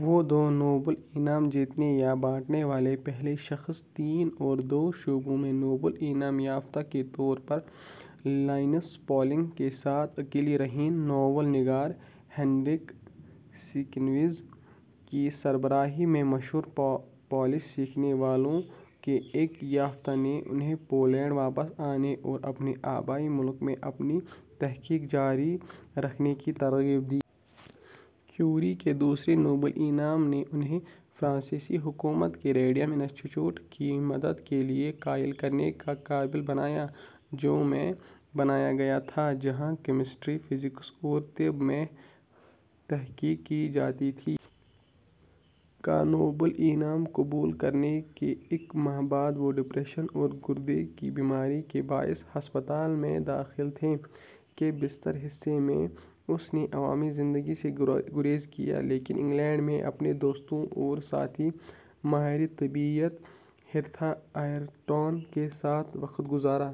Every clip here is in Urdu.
وہ دو نوبل انعام جیتنے یا بانٹنے والی پہلی شخص تھیں اور دو شعبوں میں نوبل انعام یافتہ کے طور پر لینس پالنگ کے ساتھ اکیلی رہیں۔ ناول نگار ہینریک سینکیوِکز کی سربراہی میں مشہور پولش سیکھنے والوں کے ایک وفد نے اسے پولینڈ واپس آنے اور اپنے آبائی ملک میں اپنی تحقیق جاری رکھنے کی ترغیب دی۔ کیوری کے دوسرے نوبل انعام نے انھیں فرانسیسی حکومت کو ریڈیم انسٹی ٹیوٹ کی مدد کے لیے قائل کرنے کے قابل بنایا، جو میں بنایا گیا تھا، جہاں کیمسٹری، فزکس اور طب میں تحقیق کی جاتی تھی۔ کا نوبل انعام قبول کرنے کے ایک ماہ بعد، وہ ڈپریشن اور گردے کی بیماری کے باعث ہسپتال میں داخل تھیں۔ کے بیشتر حصے میں، اس نے عوامی زندگی سے گریز کیا لیکن انگلینڈ میں اپنے دوست اور ساتھی ماہر طبیعیات، ہیرتھا ایرٹن کے ساتھ وقت گزارا۔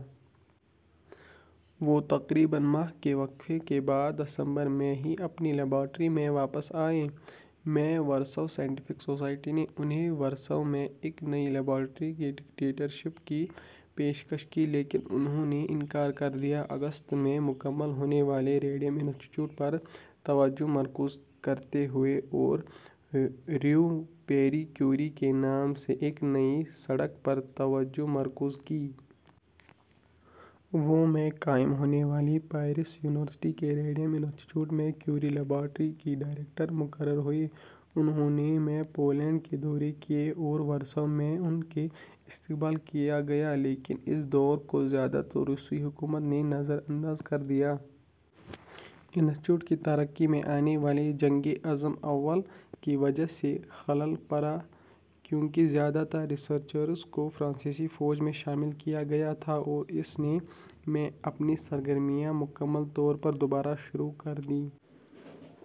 وہ تقریباً ماہ کے وقفے کے بعد دسمبر میں ہی اپنی لیبارٹری میں واپس آئی۔ میں وارسا سائنٹیفک سوسائٹی نے اسے وارسا میں ایک نئی لیبارٹری کی ڈائریکٹر شپ کی پیشکش کی لیکن اس نے انکار کر دیا، اگست میں مکمل ہونے والے ریڈیم انسٹی ٹیوٹ پر توجہ مرکوز کرتے ہوئے اور کے نام سے ایک نئی سڑک پر توجہ مرکوز کی۔ وہ میں قائم ہونے والے پیرس یونیورسٹی کے ریڈیم انسٹی ٹیوٹ میں کیوری لیبارٹری کی ڈائریکٹر مقرر ہوئیں۔ انھوں نے میں پولینڈ کا دورہ کیا اور وارسا میں ان کا استقبال کیا گیا لیکن اس دورے کو زیادہ تر روسی حکام نے نظر انداز کر دیا۔ انسٹی ٹیوٹ کی ترقی میں آنے والی جنگ کی وجہ سے خلل پڑا، کیونکہ زیادہ تر محققین کو فرانسیسی فوج میں شامل کیا گیا تھا اور اس نے میں اپنی سرگرمیاں مکمل طور پر دوبارہ شروع کر دیں۔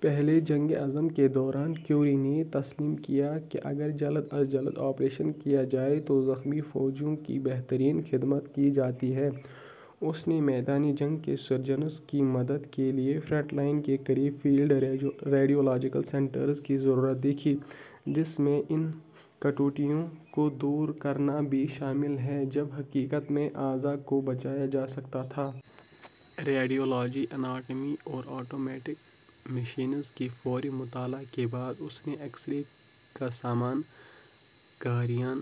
پہلی جنگ عظیم کے دوران، کیوری نے تسلیم کیا کہ اگر جلد از جلد آپریشن کیا جائے تو زخمی فوجیوں کی بہترین خدمت کی جاتی ہے۔ اس نے میدان جنگ کے سرجنوں کی مدد کے لیے فرنٹ لائنز کے قریب فیلڈ ریڈیولاجیکل سینٹرز کی ضرورت دیکھی، جس میں ان کٹوتیوں کو دور کرنا بھی شامل ہے جب حقیقت میں اعضاء کو بچایا جا سکتا تھا۔ ریڈیولوجی، اناٹومی اور آٹوموٹیو میکینکس کے فوری مطالعہ کے بعد اس نے ایکسرے کا سامان، گاڑیاں،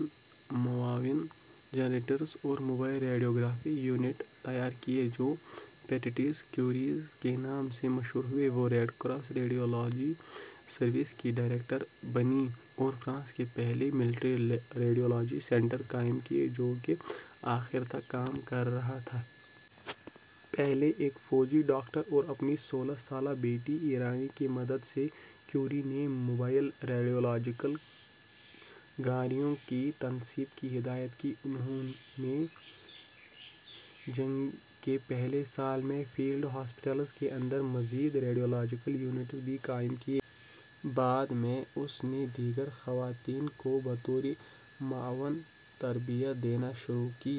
معاون جنریٹر اور موبائل ریڈیوگرافی یونٹ تیار کیے، جو پیٹائٹس کیوری کے نام سے مشہور ہوئے۔ وہ ریڈ کراس ریڈیولاجی سروس کی ڈائریکٹر بنیں اور فرانس کا پہلا ملٹری ریڈیولاجی سنٹر قائم کیا، جو کے آخر تک کام کر رہا تھا۔ پہلے ایک فوجی ڈاکٹر اور اس کی سالہ بیٹی آئرین کی مدد سے، کیوری نے موبائل ریڈیولاجیکل گاڑیوں کی تنصیب کی ہدایت کی۔ اور جنگ کے پہلے سال میں فیلڈ ہسپتالوں میں مزید ریڈیولاجیکل یونٹ۔ بعد میں، اس نے دیگر خواتین کو بطور معاون تربیت دینا شروع کی۔